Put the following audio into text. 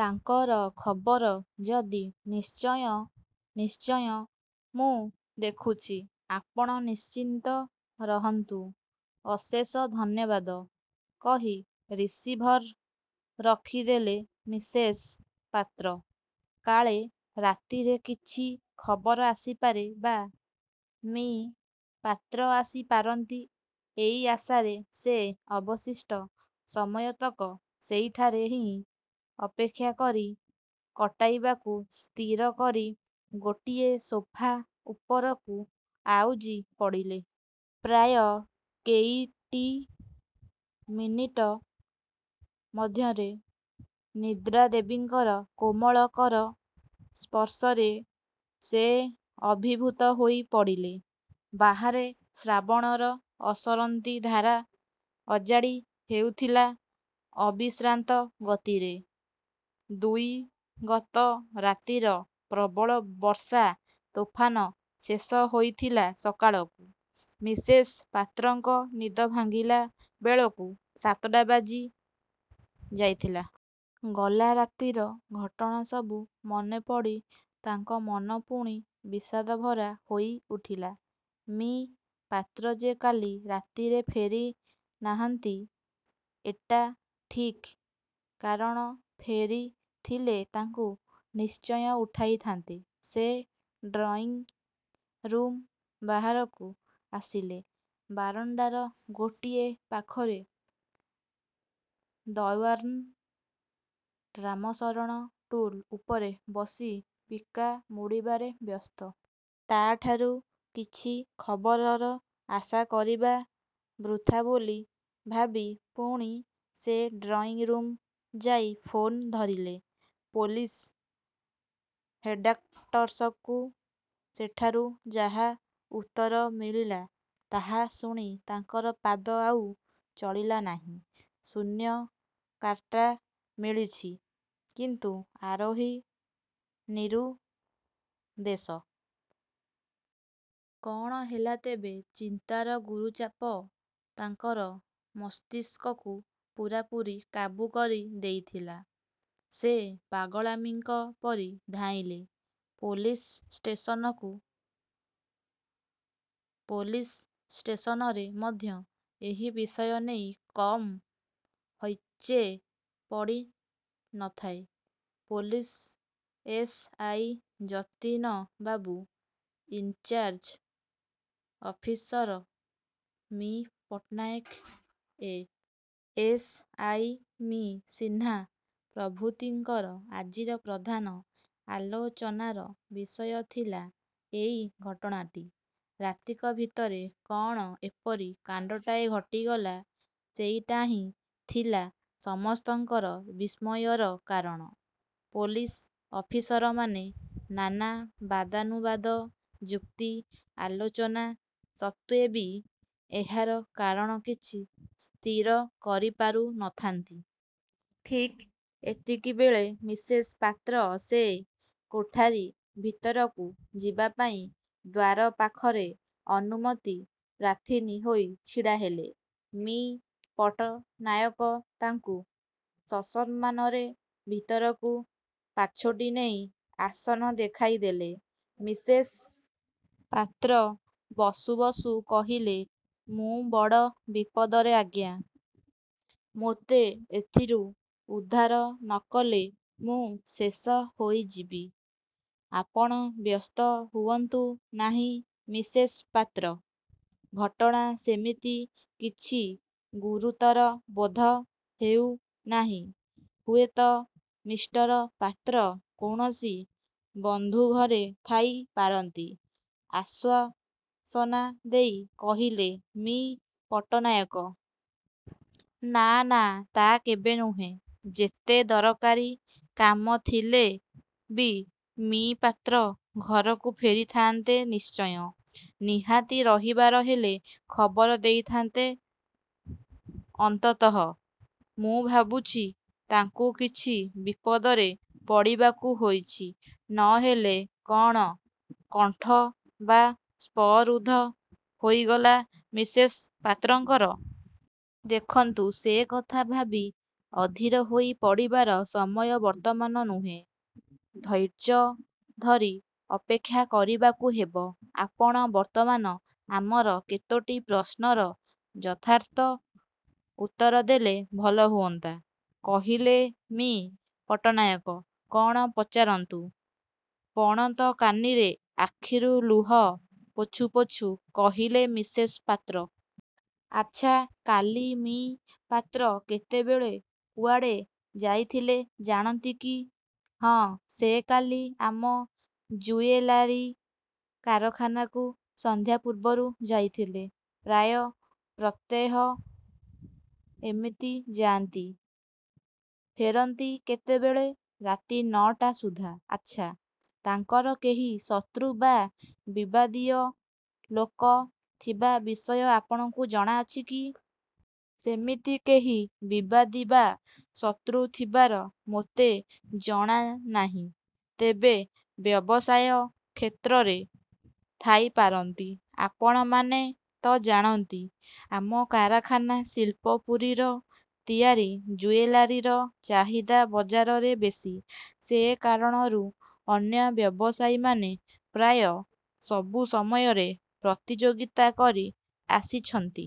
ତାଙ୍କର ଖବର ଯଦି '''' ନିଶ୍ଚୟ, ନିଶ୍ଚୟ! ମୁଁ ଦେଖୁଛି; ଆପଣ ନିଶ୍ଚିନ୍ତ ରହନ୍ତୁ। '' ''ଅଶେଷ ଧନ୍ୟବାଦ '' କହି ରିସିଭର୍ ରଖି ଦେଲେ ମିସେସ୍ ପାତ୍ର। କାଳେ ରାତିରେ କିଛି ଖବର ଆସିପାରେ ବା ମି: ପାତ୍ର ଆସି ପାରନ୍ତି, ଏଇ ଆଶାରେ ସେ ଅବଶିଷ୍ଟ ସମୟତକ ସେଇଠାରେ ହିଁ ଅପେକ୍ଷା କରି କଟାଇବାକୁ ସ୍ଥିର କରି ଗୋଟିଏ ସୋଫା ଉପରକୁ ଆଉଜି ପଡ଼ିଲେ। ପ୍ରାୟ କେଇଟି ମିନିଟ ମଧ୍ୟରେ ନିଦ୍ରା ଦେବୀଙ୍କର କୋମଳ କର ସ୍ପର୍ଶରେ ସେ ଅଭିଭୂତ ହୋଇ ପଡ଼ିଲେ। ବାହାରେ ଶ୍ରାବଣର ଅସରନ୍ତି ଧାରା ଅଜାଡ଼ି ହେଉଥିଲା ଅବିଶ୍ରାନ୍ତ ଗତିରେ। -ଦୁଇ- ଗତ ରାତିର ପ୍ରବଳ ବର୍ଷା ତୋଫାନ ଶେଷ ହୋଇଥିଲା ସକାଳକୁ। ମିସେସ୍ ପାତ୍ରଙ୍କ ନିଦ ଭାଙ୍ଗିଲା ବେଳକୁ ସାତଟା ବାଜି ଯାଇଥିଲା। ଗଲା ରାତିର ଘଟଣା ସବୁ ମନେପଡ଼ି ତାଙ୍କ ମନ ପୁଣି ବିଷାଦଭରା ହୋଇଉଠିଲା। ମି: ପାତ୍ର ଯେ କାଲି ରାତିରେ ଫେରି ନାହାନ୍ତି-ଏଟା, ଠିକ୍, କାରଣ ଫେରି ଥିଲେ ତାଙ୍କୁ ନିଶ୍ଚୟ ଉଠାଇଥାନ୍ତେ। ସେ ଡ୍ରଇଂ ରୁମ୍ ବାହାରକୁ ଆସିଲେ। ବାରଣ୍ଡାର ଗୋଟିଏ ପାଖରେ ଦର୍ଓ୍ୱାନ୍ ରାମଶରଣ ଟୁଲ୍ ଉପରେ ବସି ପିକା ମୋଡ଼ିବାରେ ବ୍ୟସ୍ତ। ତା' ଠାରୁ କିଛି ଖବରର ଆଶା କରିବା ବୃଥା ବୋଲି ଭାବି ପୁଣି ସେ ଡ୍ରଇଂରୁମ୍ ଯାଇ ଫୋନ୍ ଧରିଲେ, ପୋଲିସ୍ ହେଡ଼୍କ୍ୱାଟର୍ସକୁ। ସେଠାରୁ ଯାହା ଉତ୍ତର ମିଳିଲା ତାହା ଶୁଣି ତାଙ୍କର ପାଦ ଆଉ ଚଳିଲା ନାହିଁ। ''ଶୂନ୍ୟ କାର୍ଟା ମିଳିଛି, କିନ୍ତୁ ଆରୋହୀ ନିରୁଦ୍ଦେଶ! କ'ଣ ହେଲା ତେବେ? '' ଚିନ୍ତାର ଗୁରୁଚାପ ତାଙ୍କର ମସ୍ତିଷ୍କକୁ ପୂରାପୂରି କାବୁ କରି ଦେଇଥିଲା। ସେ ପାଗଳାମୀଙ୍କ ପରି ଧାଇଁଲେ ପୋଲିସ୍ ଷ୍ଟେସନକୁ-। ପୋଲିସ୍ ଷ୍ଟେସନରେ ମଧ୍ୟ ଏହି ବିଷୟ ନେଇ କମ ହୈଚୈ ପଡ଼ି ନ ଥାଏ। Police S. ଆଇ. ଯତୀନ ବାବୁ, in charge officer Mr: Pattanaik, A. S. I. Mr: Sinha ପ୍ରଭୃତିଙ୍କର ଆଜିର ପ୍ରଧାନ ଆଲୋଚନାର ବିଷୟ ଥିଲା ଏଇ ଘଟଣାଟି। ରାତିକ ଭିତରେ କ'ଣ ଏପରି କାଣ୍ଡଟାଏ ଘଟିଗଲା-ସେଇଟାହିଁ ଥିଲା ସମସ୍ତଙ୍କର ବିସ୍ମୟର କାରଣ। ପୋଲିସ୍ ଅଫିସରମାନେ ନାନା ବାଦାନୁବାଦ, ଯୁକ୍ତି, ଆଲୋଚନା ସତ୍ତ୍ୱେ ବି ଏହାର କାରଣ କିଛି ସ୍ଥିର କରିପାରୁ ନଥାନ୍ତି। ଠିକ୍ ଏତିକିବେଳେ ମିସେସ୍ ପାତ୍ର ସେ କୋଠାରୀ ଭିତରକୁ ଯିବା ପାଇଁ ଦ୍ୱାର ପାଖରେ ଅନୁମତି ପ୍ରାର୍ଥିନୀ ହୋଇ ଛିଡ଼ା ହେଲେ। ମି: ପଟ୍ଟନାୟକ ତାଙ୍କୁ ସସମ୍ମାନରେ ଭିତରକୁ ପାଛୋଟି ନେଇ ଆସନ ଦେଖାଇ ଦେଲେ। ମିସେସ୍ ପାତ୍ର ବସୁ ବସୁ କହିଲେ-''ମୁଁ ବଡ଼ ବିପଦରେ ଆଜ୍ଞା-! ମୋତେ ଏଥିରୁ ଉଦ୍ଧାର ନ କଲେ ମୁଁ ଶେଷ ହୋଇଯିବି। '' ''ଆପଣ ବ୍ୟସ୍ତ ହୁଅନ୍ତୁ ନାହିଁ ମିସେସ୍ ପାତ୍ର! ଘଟଣା ସେମିତି କିଛି ଗୁରୁତର ବୋଧ ହେଉନାହିଁ। ହୁଏତ ମିଷ୍ଟର ପାତ୍ର କୌଣସି ବନ୍ଧୁ ଘରେ ଥାଇ ପାରନ୍ତି। '' ଆଶ୍ୱାସନା ଦେଇ କହିଲେ ମି: ପଟ୍ଟନାୟକ। ''ନା, ନା, ତା କେବେ ନୁହେଁ। ଯେତେ ଦରକାରୀ କାମ ଥିଲେ ବି ମି: ପାତ୍ର ଘରକୁ ଫେରିଥାନ୍ତେ ନିଶ୍ଚୟ। ନିହାତି ରହିବାର ହେଲେ ଖବର ଦେଇଥାନ୍ତେ ଅନ୍ତତଃ। ମୁଁ ଭାବୁଛି ତାଙ୍କୁ କିଛି ବିପଦରେ ପଡ଼ିବାକୁ ହୋଇଛି। ନହେଲେ କ'ଣ '' କଣ୍ଠ ବାସ୍ପରୁଦ୍ଧ ହୋଇଗଲା ମିସେସ୍ ପାତ୍ରଙ୍କର। ''ଦେଖନ୍ତୁ! ସେ କଥା ଭାବି ଅଧୀର ହୋଇ ପଡ଼ିବାର ସମୟ ବର୍ତ୍ତମାନ ନୁହେଁ। ଧୈର୍ଯଧରି ଅପେକ୍ଷା କରିବାକୁ ହେବ। ଆପଣ ବର୍ତ୍ତମାନ ଆମର କେତୋଟି ପ୍ରଶ୍ନର ଯଥାର୍ଥ ଉତ୍ତର ଦେଲେ ଭଲ ହୁଅନ୍ତା। '' କହିଲେ ମି: ପଟ୍ଟନାୟକ। ''କ'ଣ ପଚାରନ୍ତୁ! '' ପଣତ କାନିରେ ଆଖିରୁ ଲୁହ ପୋଛୁ ପୋଛୁ କହିଲେ ମିସେସ୍ ପାତ୍ର। ''ଆଚ୍ଛା, କାଲି ମି: ପାତ୍ର କେତେବେଳେ କୁଆଡ଼େ ଯାଇଥିଲେ ଜାଣନ୍ତି କି? '' ''ହଁ, ସେ କାଲି ଆମ ଜୁଏଲାରୀ କାରଖାନାକୁ ସନ୍ଧ୍ୟା ପୂର୍ବରୁ ଯାଇଥିଲେ। ପ୍ରାୟ ପ୍ରତ୍ୟହ ଏମିତି ଯାଆନ୍ତି। '' ''ଫେରନ୍ତି କେତେବେଳେ? '' ''ରାତି ନଅଟା ସୁଦ୍ଧା। '' ''ଆଚ୍ଛା, ତାଙ୍କର କେହି ଶତ୍ରୁ ବା ବିବାଦୀୟ ଲୋକ ଥିବା ବିଷୟ ଆପଣାକୁ ଜଣା ଅଛିକି-? '' ''ସେମିତି କେହି ବିବାଦୀ ବା ଶତ୍ରୁ ଥିବାର ମୋତେ ଜଣାନାହିଁ, ତେବେ ବ୍ୟବସାୟ କ୍ଷେତ୍ରରେ ଥାଇପାରନ୍ତି। ଆପଣମାନେ ତ ଜାଣନ୍ତି-ଆମ କାରଖାନା 'ଶିଳ୍ପପୁରୀ'ର ତିଆରି ଜୁଏଲାରୀର ଚାହିଦା ବଜାରରେ ବେଶୀ। ସେ କାରଣରୁ ଅନ୍ୟ ବ୍ୟବସାୟୀମାନେ ପ୍ରାୟ ସବୁ ସମୟରେ ପ୍ରତିଯୋଗିତା କରି ଆସିଛନ୍ତି।